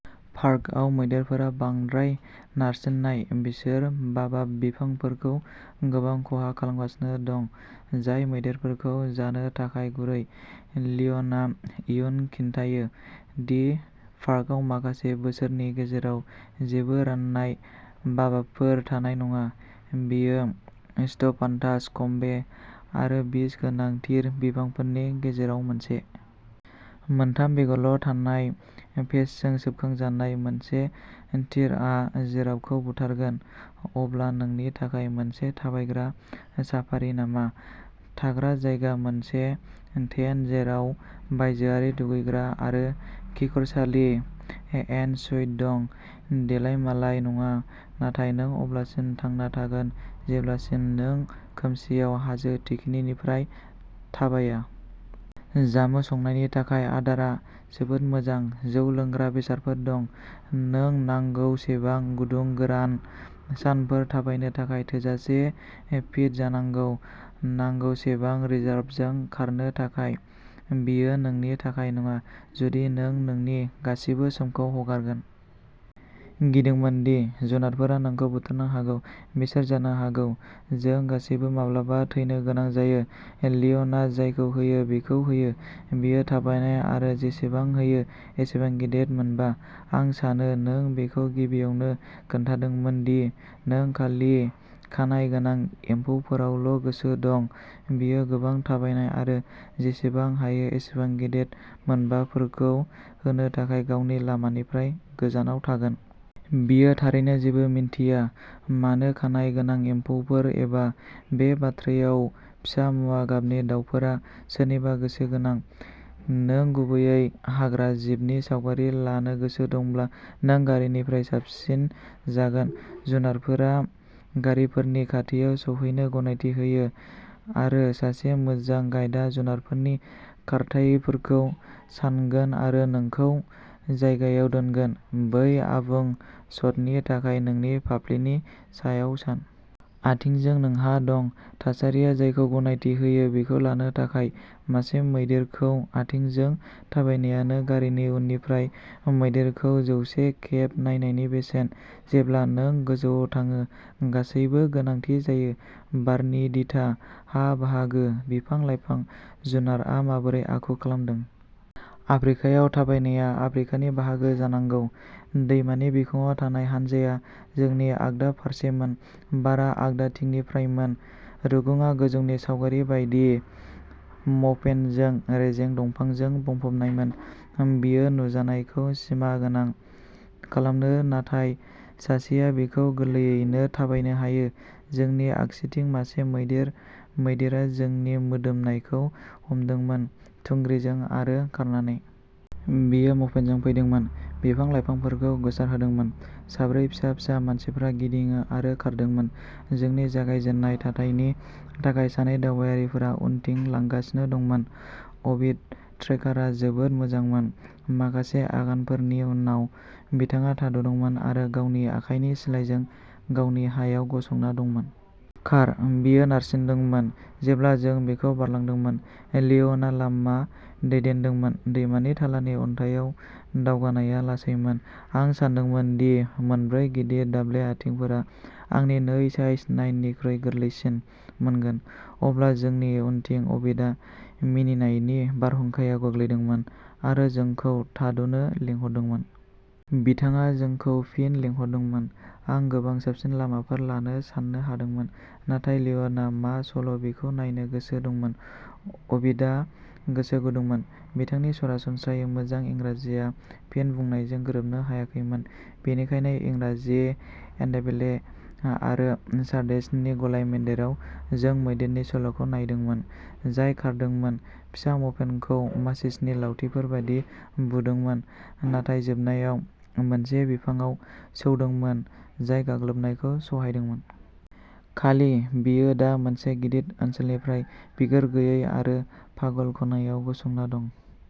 पार्कआव मैदेरफोरा बांद्राय नारसिननाय। बिसोर बाबाब बिफांफोरखौ गोबां खहा खालामगासिनो दं, जाय मैदेरफोरखौ जानो थाखाय गुरै। लिय'नआ इयुन खिन्थायो दि पार्कआव माखासे बोसोरनि गेजेराव जेबो रानाय बाबाबफोर थानाय नङा। बेयो स्ट्र'फान्थास कम्बे, आरो बिस गोनां थिर बिफांफोरनि गेजेराव मोनसे। मोनथाम बेगरल'थानाय पेस्टजों खोबजानाय मोनसे थिरआ जिराफखौ बुथारगोन। अब्ला, नोंनि थाखाय मोनसे थाबायग्रा साफारि नामा? थाग्रा जायगाया मोनसे टेन्ट जेराव बायजोआरि दुगैग्रा आरो खिखरसालि एन सुइट दं। देलायमालाय नङा, नाथाय नों अब्लासिम थांना थागोन जेब्लासिम नों खोमसिआव हाजो थिखिनिनिफ्राय थाबाया। जामुं संनायनि थाखाय आदारा जोबोद मोजां। जौ लोंग्रा बेसादफोर दं। नों नांगौसेबां गुदुं गोरान सानफोर थाबायनो थाखाय थोजासे फिट जानांगौ, नांगौसेबां रिजार्भजों खारनो थाखाय। बेयो नोंनि थाखाय नङा, जुदि नों नोंनि गासिबो समखौ हगारगोन। गिदोंमोन दि जुनारफोरा नोंखौ बुथारनो हागौ। बिसोर जानो हागौ... जों गासैबो माब्लाबा थैनो गोनां जागोन। लिय'नआ जायखौ होयो बेखौ होयो, बेयो थाबायनाय आरो जेसेबां हायो एसेबां गेदेर मोनबा। आं सानो नों बिखौ गिबियावनो खोन्थादोंमोन दि नों खालि खानाय गोनां एम्फौफोरावल'गोसो दं, बियो गोबां थाबायनाय आरो जेसेबां हायो एसेबां गेदेर मोनबाफोरखौ होनो थाखाय गावनि लामानिफ्राय गोजानाव थांगोन! बियो थारैनो जेबो मिन्थिया मानो खानाय गोनां एम्फौफोर एबा, बे बाथ्रायाव, फिसा मुगा गाबनि दावफोरा सोरनिबा गोसो गोनां। नों गुबैयै हाग्राजिबनि सावगारि लानो गोसो दंब्ला नों गारिनिफ्राय साबसिन जागोन। जुनारफोरा गारिफोरनि खाथियाव सौहैनो गनायथि होयो आरो सासे मोजां गाइडा जुनारफोरनि खारथाइफोरखौ सानगोन आरो नोंखौ जायगायाव दोनगोन, बै आबुं शटनि थाखाय नोंनि फाफ्लिनि सायाव सान। आथिंजों नोंहा दं। थासारिया जायखौ गनायथि होयो बेखौ लानो थाखाय। मासे मैदेरखौ आथिंजों थाबायनायानो गारिनि उननिफ्राय मैदेरखौ जौसे खेब नायनायनि बेसेन। जेब्ला नों गोजौआव थाङो, गासैबो गोनांथि जायो। बारनि दिथा, हा-बाहागो, बिफां-लाइफां, जुनारआ माबोरै आखु खालामदों। आफ्रिकायाव थाबायनायआ आफ्रिकानि बाहागो जानांगौ। दैमानि बिखुंआव थानाय हानजाया जोंनि आगदा फारसेमोन, बारआ आगदाथिंनिफ्रायमोन। रुगुंआ गोजौनि सावगारि बायदि म'पेनजों रेजें दंफांजों बुंफबनायमोन। बेयो नुजानायखौ सिमागोनां खालामो नाथाय सासेआ बेखौ गोरलैयैनो थाबायनो हायो। जोंनि आगसिथिं मासे मैदेर मैदेरा जोंनि मोदोमनायखौ हमदोंमोन, थुंग्रिजों आरो खारनानै। बेयो म'पेनजों फैदोंमोन, बिफां-लाइफांफोरखौ गोसारहोदोंमोन। साब्रै फिसा-फिसा मानसिफ्रा गिदिङो आरो खारदोंमोन। जोंनि जागायजेननाय थाथायनि थाखाय सानै दावबायारिफोरा उनथिं लांगासिनो दंमोन। अबीद, ट्रेकारआ जोबोद मोजांमोन। माखासे आगानफोरनि उनाव बिथाङा थाद'दोंमोन आरो गावनि आखाइनि सिलाइजों गावनि हायाव गसंना दंमोन। "खार" बियो नारसिनदोंमोन जेब्ला जों बिखौ बारलांदोंमोन। लिय'नआ लामा दैदेनदोंमोन। दैमानि थालानि अन्थाइआव दावगानायआ लासैमोन, आं सानदोंमोन दि मोनब्रै गिदिर दाब्ले आथिंफोरा आंनि नै साइज नाइननिख्रुइ गोरलैसिन मोनगोन। अब्ला जोंनि उनथिं अबीदआ मिनिनायनि बारहुंखायाव गोग्लैदोंमोन आरो जोंखौ थाद'नो लिंहरदोंमोन। बिथाङा जोंखौ फिन लिंहरदोंमोन। आं गोबां साबसिन लामाफोर लानो सान्नो हादोंमोन नाथाय लिय'नआ मा सल'बेखौ नायनो गोसो दंमोन। अबीदआ गोसो गुदुंमोन, बिथांनि सरासनस्रायै मोजां इंराजिया फिन बुंनायजों गोरोबनो हायाखैमोन। बेनिखायनो इंराजि, एनडेबेले आरो चार्डेसनि गलायमोन्देराव जों मैदेरनि सल'खौ नायदोंमोन जाय खारदोंमोन, फिसा म'पेनखौ माचिसनि लावथिफोर बायदि बुदोंमोन नाथाय जोबनायाव मोनसे बिफांआव सौदोंमोन जाय गाग्लोबनायखौ सहायदोंमोन। खालि, बेयो दा मोनसे गिदिर ओनसोलनिफ्राय बिगुर गैयै मोनसे पागल खनायाव गसंना दं।